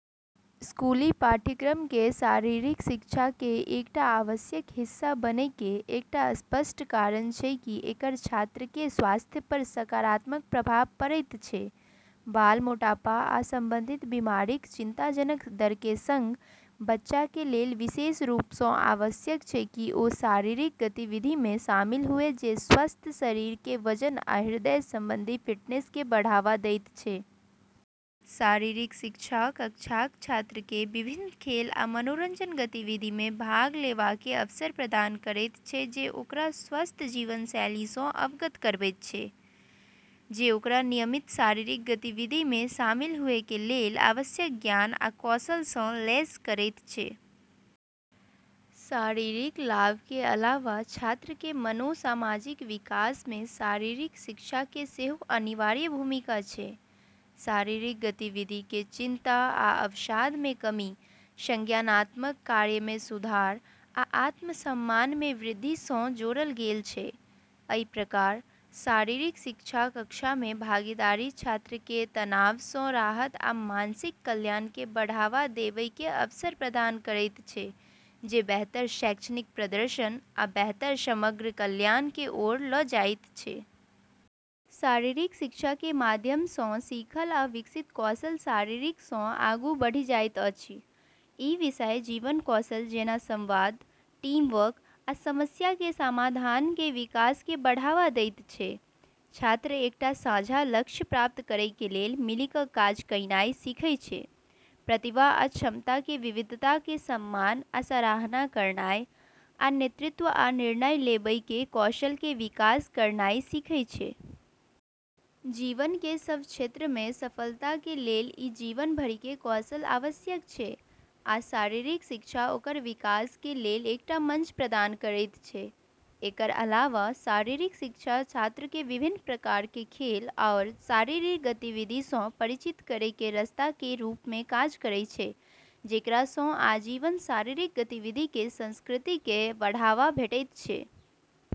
स्कूली पाठ्यक्रमके शारीरिक शिक्षाके एकटा आवश्यक हिस्सा बनैके एकटा स्पष्ट कारण छै कि एकर छात्रके स्वास्थ्य पर सकारात्मक प्रभाव पड़ैत छै। बाल मोटापा आ संबंधित बीमारिक चिंताजनक दरके सङ्ग, बच्चाके लेल विशेष रूपसँ आवश्यक छै कि ओ शारीरिक गतिविधिमे शामिल हुए जे स्वस्थ शरीरके वजन आ हृदय संबंधी फिटनेसके बढ़ावा दैत छै। शारीरिक शिक्षा कक्षाक छात्रके विभिन्न खेल आ मनोरंजन गतिविधिमे भाग लेबाके अवसर प्रदान करैत छै जे ओकरा स्वस्थ जीवनशैलीसँ अवगत करबैत छै, जे ओकरा नियमित शारीरिक गतिविधिमे शामिल हुएके लेल आवश्यक ज्ञान आ कौशलसँ लैस करैत छै। शारीरिक लाभके अलावा छात्रके मनोसामाजिक विकासमे शारीरिक शिक्षाके सेहो अनिवार्य भूमिका छै। शारीरिक गतिविधिके चिंता आ अवसादमे कमी, संज्ञानात्मक कार्यमे सुधार, आ आत्मसम्मानमे वृद्धिसँ जोड़ल गेल छै। अइ प्रकार, शारीरिक शिक्षा कक्षामे भागीदारी छात्रके तनावसँ राहत आ मानसिक कल्याणके बढ़ावा देबैके अवसर प्रदान करैत छै, जे बेहतर शैक्षणिक प्रदर्शन आ बेहतर समग्र कल्याणके ओर ल' जाइत छै। शारीरिक शिक्षाके माध्यमसँ सीखल आ विकसित कौशल शारीरिकसँ आगू बढ़ि जाइत अछि। ई विषय जीवन कौशल जेना संवाद, टीम वर्क, आ समस्याके समाधानके विकासके बढ़ावा दैत छै। छात्र एकटा साझा लक्ष्य प्राप्त करैके लेल मिलि क' काज कयनाइ सीखय छै, प्रतिभा आ क्षमताके विविधताके सम्मान आ सराहना करनाइ, आ नेतृत्व आ निर्णय लेबैके कौशलके विकास करनाइ सीखय छै। जीवनके सब क्षेत्रमे सफलताके लेल इ जीवन भरिके कौशल आवश्यक छै, आ शारीरिक शिक्षा ओकर विकासके लेल एकटा मंच प्रदान करैत छै। एकर अलावा शारीरिक शिक्षा छात्रके विभिन्न प्रकारके खेल आओर शारीरिक गतिविधिसँ परिचित करैके रस्ताकेँ रूपमे काज करै छै, जेकरासँ आजीवन शारीरिक गतिविधिके संस्कृतिके बढ़ावा भेटैत छै।